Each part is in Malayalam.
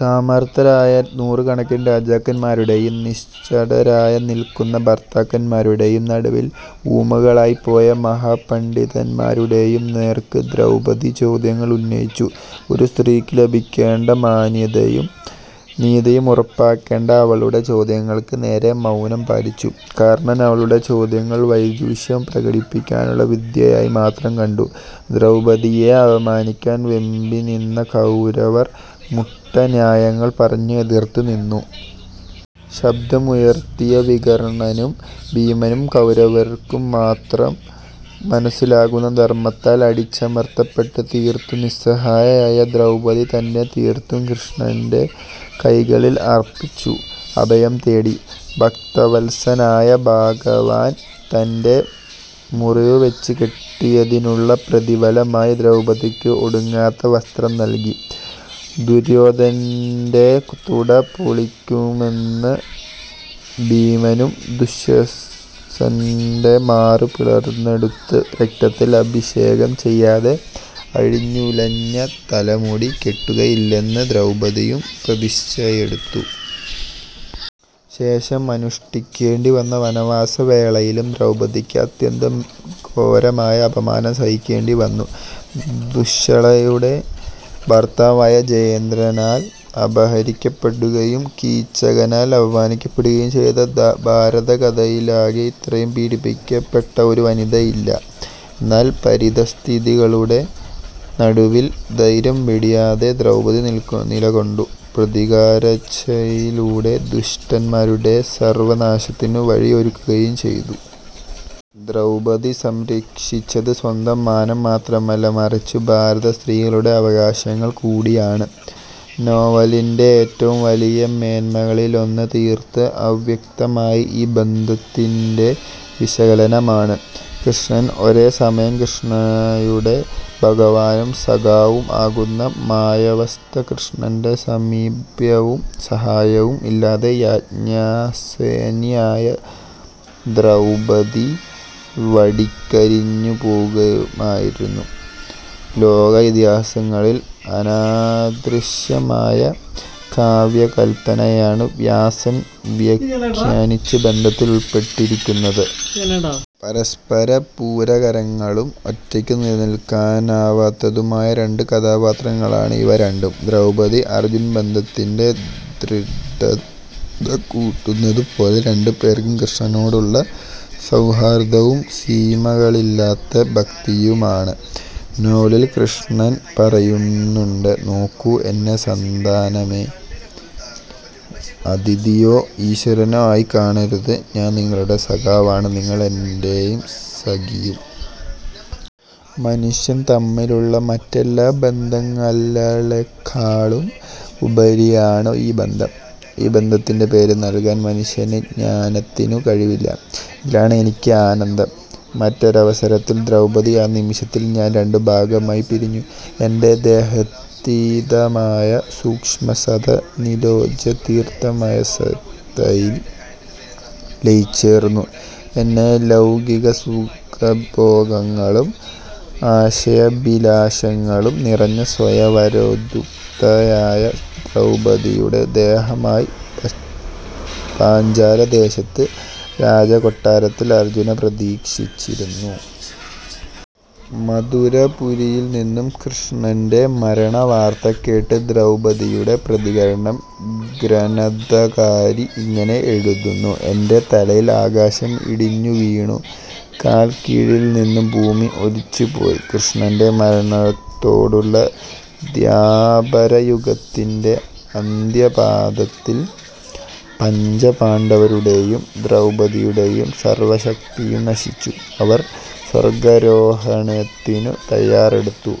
കാമാർത്തരായ നൂറുകണക്കിന് രാജാക്കന്മാരുടെയും, നിശ്ചെഷ്ടരായി നിൽകുന്ന ഭർത്താക്കന്മാരുടേയും നടുവിൽ ഊമകളായിപ്പോയ മഹാപണഡിതന്മാരുടെയും നേർക്ക് ദ്രൗപദി ചോദ്യങ്ങൾ ഉന്നയിച്ചു. ഒരു സ്ത്രീക്ക് ലഭിക്കേണ്ട മാന്യതയും നീതിയും ഉറപ്പാക്കേണ്ട അവളുടെ ചോദ്യങ്ങൾക്ക് നേരെ മൌനം പാലിച്ചു. കർണൻ അവളുടെ ചോദ്യങ്ങളെ വൈദുഷ്യം പ്രകടിപ്പിക്കാനുള്ള വിദ്യയായി മാത്രം കണ്ടു. ദ്രൗപദിയെ അപമാനിക്കാൻ വെമ്പിനിന്ന കൗരവർ മുട്ടുന്യായങ്ങൾ പറഞ്ഞു എതിർത്ത് നിന്നു. ശബ്ദമുയർത്തിയ വികർണനും ഭീമനും കൗരവർക്കു മാത്രം മനസ്സിലാകുന്ന ധർമ്മത്താൽ അടിച്ചമർത്തപ്പെട്ടു തീർത്തും നിസ്സഹായയായ ദ്രൗപദി തന്നെ തീർത്തും കൃഷ്ണൻറെ കൈകളിൽ അർപ്പിച്ചു അഭയം തേടി. ഭക്തവത്സലനായ ഭഗവാൻ തൻറെ മുറിവ് വെച്ചു കെട്ടിയതിനുള്ള പ്രതിഭലമായി ദ്രൗപദിക്ക് ഒടുങ്ങാത്ത വസ്ത്രം നൽകി. ദുര്യോധനൻറെ തുട പൊളിക്കുമെന്ന് ഭീമനും ദുശ്ശസനൻറെ മാറ് പിളർന്നെടുത്ത രക്തത്തിൽ അഭിഷേകം ചെയ്യാതെ അഴിഞ്ഞുലഞ്ഞ തലമുടി കേട്ടുകയില്ലെന്നു ദ്രൗപദിയും പ്രതിജ്ഞയെടുത്തു. ശേഷം അനുഷ്ടിക്കെണ്ടിവന്ന വനവാസ വേളയിലും ദ്രൗപദിക്ക് അത്യന്തം ഘോരമായ അപമാനം സഹിക്കേണ്ടിവന്നു. ദുശ്ശളയുടെ ഭർത്താവായ ജയദ്രഥനാൽ അപഹരിക്കപ്പെടുകയും കീചകനാൽ അപമാനിക്കപ്പെടുകയും ചെയ്തു. ഭാരതകഥയിലാകെ ഇത്രയും പീഡിപ്പിക്കപ്പെട്ട ഒരു വനിതയില്ല. എന്നാൽ പരിതഃസ്ഥിതികളുടെ നടുവിലും ധൈര്യം വെടിയാതെ ദ്രൗപദി നിലകൊണ്ടു. പ്രതികാരേച്ഛയിലൂടെ ദുഷ്ടന്മാരുടെ സർവനാശത്തിനു വഴിയൊരുക്കുകയും ചെയ്തു. ദ്രൗപദി സംരക്ഷിച്ചത് സ്വന്തം മാനം മാത്രമല്ല, മറിച്ചു ഭാരതസ്ത്രീകളുടെ അവകാശങ്ങൾ കൂടിയാണ്. നോവലിൻറെ ഏറ്റവും വലിയ മേന്മകളിലൊന്ന് തീർത്തും അവ്യക്തമായ ഈ ബന്ധത്തിൻറെ വിശകലനമാണ. കൃഷ്ണൻ ഒരേ സമയം കൃഷ്ണയുടെ ഭഗവാനും സഖാവും ആകുന്ന മായാവസ്ഥ. കൃഷ്ണന്റെ സാമീപ്യവും സഹായവും ഇല്ലാതെ യാജ്ഞാസേനിയായ ദ്രൌപദി വാടിക്കരിഞ്ഞുപോകുമായിരുന്നു. ലോക ഇതിഹാസങ്ങളിൽ അനാദൃശ്യമായ കാവ്യകല്പനയാണ് വ്യാസൻ വ്യഘ്യനിച്ച ബന്ധത്തിൽ ഉൾപ്പെട്ടിരിക്കുന്നത്. പരസ്പര പൂരകങ്ങളും ഒറ്റക്കു നിലനിൽക്കാനാവാത്തതുമായ രണ്ടു കഥാപാത്രങ്ങളാണ് ഇവ രണ്ടും. ദ്രൗപദി -അർജുന ബന്ധത്തിൻറെ ദൃഡത കൂട്ടുന്നതുപോലും രണ്ടുപേർക്കും കൃഷ്ണനോടുള്ള സൌഹാർദ്ധവും സീമകളില്ലാത്ത ഭക്തിയുമാണ്. നോവലിൽ കൃഷ്ണൻ പറയുന്നുണ്ട് "നോക്കൂ, എന്നെ സന്താനമോ, അതിഥിയോ ഈശ്വരനോ ആയി കാണരുത്. ഞാൻ നിങ്ങളുടെ സഖാവാണ്. നിങ്ങൾ എൻറെ സഖിയും. മനുഷ്യർ തമ്മിലുള്ള മറ്റെല്ലാ ബന്ധങ്ങലളെക്കാളും ഉപരിയാണ് ഈ ബന്ധം. ഈ ബന്ധത്തിന് പേര് നല്കാൻ മനുഷ്യൻറെ ജ്ഞാനത്തിനു കഴിവില്ല. ഇതിലാണ് എനിക്ക് ആനന്ദം". മറ്റൊരവസരത്തിൽ ദ്രൗപദി "ആ നിമിഷത്തിൽ ഞാൻ രണ്ടു ഭാഗമായി പിരിഞ്ഞു. എൻറെ ദേഹാതീതമായ സൂക്ഷ്മസത്ത നീലജ്യോതിർമയസത്തയിൽ ലയിച്ചുചേർന്നു. എൻറെ ലൌകിക സുഖഭോഗങ്ങളും ആശയാഭിലാഷങ്ങളും നിറഞ്ഞ സ്വയംവരോദ്യുക്തയായ ദ്രൌപദിയുടെ ദേഹമായി പാഞ്ചാല ദേശത്തെ രാജകൊട്ടാരത്തിൽ അർജുനനെ പ്രതീക്ഷിച്ചിരുന്നു". മഥുരാപുരിയിൽനിന്നു കൃഷ്ണൻറെ മരണവാർത്ത കേട്ട ദ്രൌപദിയുടെ പ്രതികരണം ഗ്രന്ഥകാരി ഇങ്ങനെ എഴുതുന്നു "എൻറെ തലയിൽ ആകാശം ഇടിഞ്ഞുവീണു. കാൽക്കീഴിൽനിന്നു ഭൂമി ഒലിച്ചുപോയി". കൃഷ്ണൻറെ മരണത്തോടുള്ള ദ്വാപരയുഗത്തിൻറെ അന്ത്യപാദത്തിൽ പഞ്ചപാണ്ഡവരുടെയും ദ്രൗപദി യുടെയും സർവശക്തിയും നശിച്ചു. അവർ സ്വർഗാരോഹണത്തിനു തയ്യാറെടുത്തു.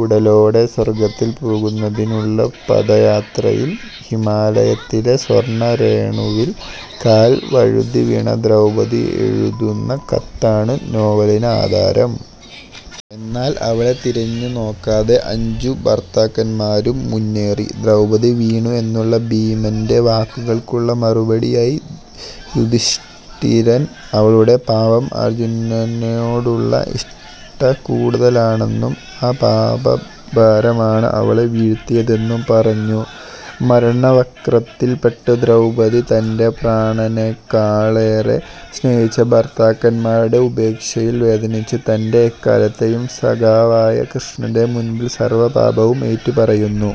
ഉടലോടെ സ്വർഗത്തിൽ പോകുന്നതിനുള്ള പദയാത്രയിൽ ഹിമാലയത്തിലെ സ്വർണ്ണരേണുവിൽ കാൽ വഴുതിവീണ ദ്രൗപദി എഴുതുന്ന കത്താണ് നോവലിന് ആധാരം. എന്നാൽ അവളെ തിരിഞ്ഞുനോക്കാതെ അഞ്ചു ഭർത്താക്കന്മാരും മുന്നേറി. ദ്രൗപദി വീണു എന്നുള്ള ഭീമൻറെ വാക്കുകൾക്കുള്ള മറുപടിയായി യുധിഷ്ടിരൻ അവളുടെ പാപം അർജുനനോടുള്ള ഇഷ്ടക്കൂടുതലാണെന്നും ആ പാപഭാരമാണ് അവളെ വീഴ്ത്തിയതെന്നും പറഞ്ഞു. മരണവക്ത്രത്തിൽ പെട്ട ദ്രൗപദി തൻറെ പ്രാണനെക്കാളെറെ സ്നേഹിച്ച ഭർത്താക്കന്മാരുടെ ഉപേക്ഷയിൽ വേദനിച്ചു തൻറെ എക്കാലത്തെയും സഖാവായ കൃഷ്ണൻറെ മുൻപിൽ സർവ പാപവും ഏറ്റു പറയുന്നു.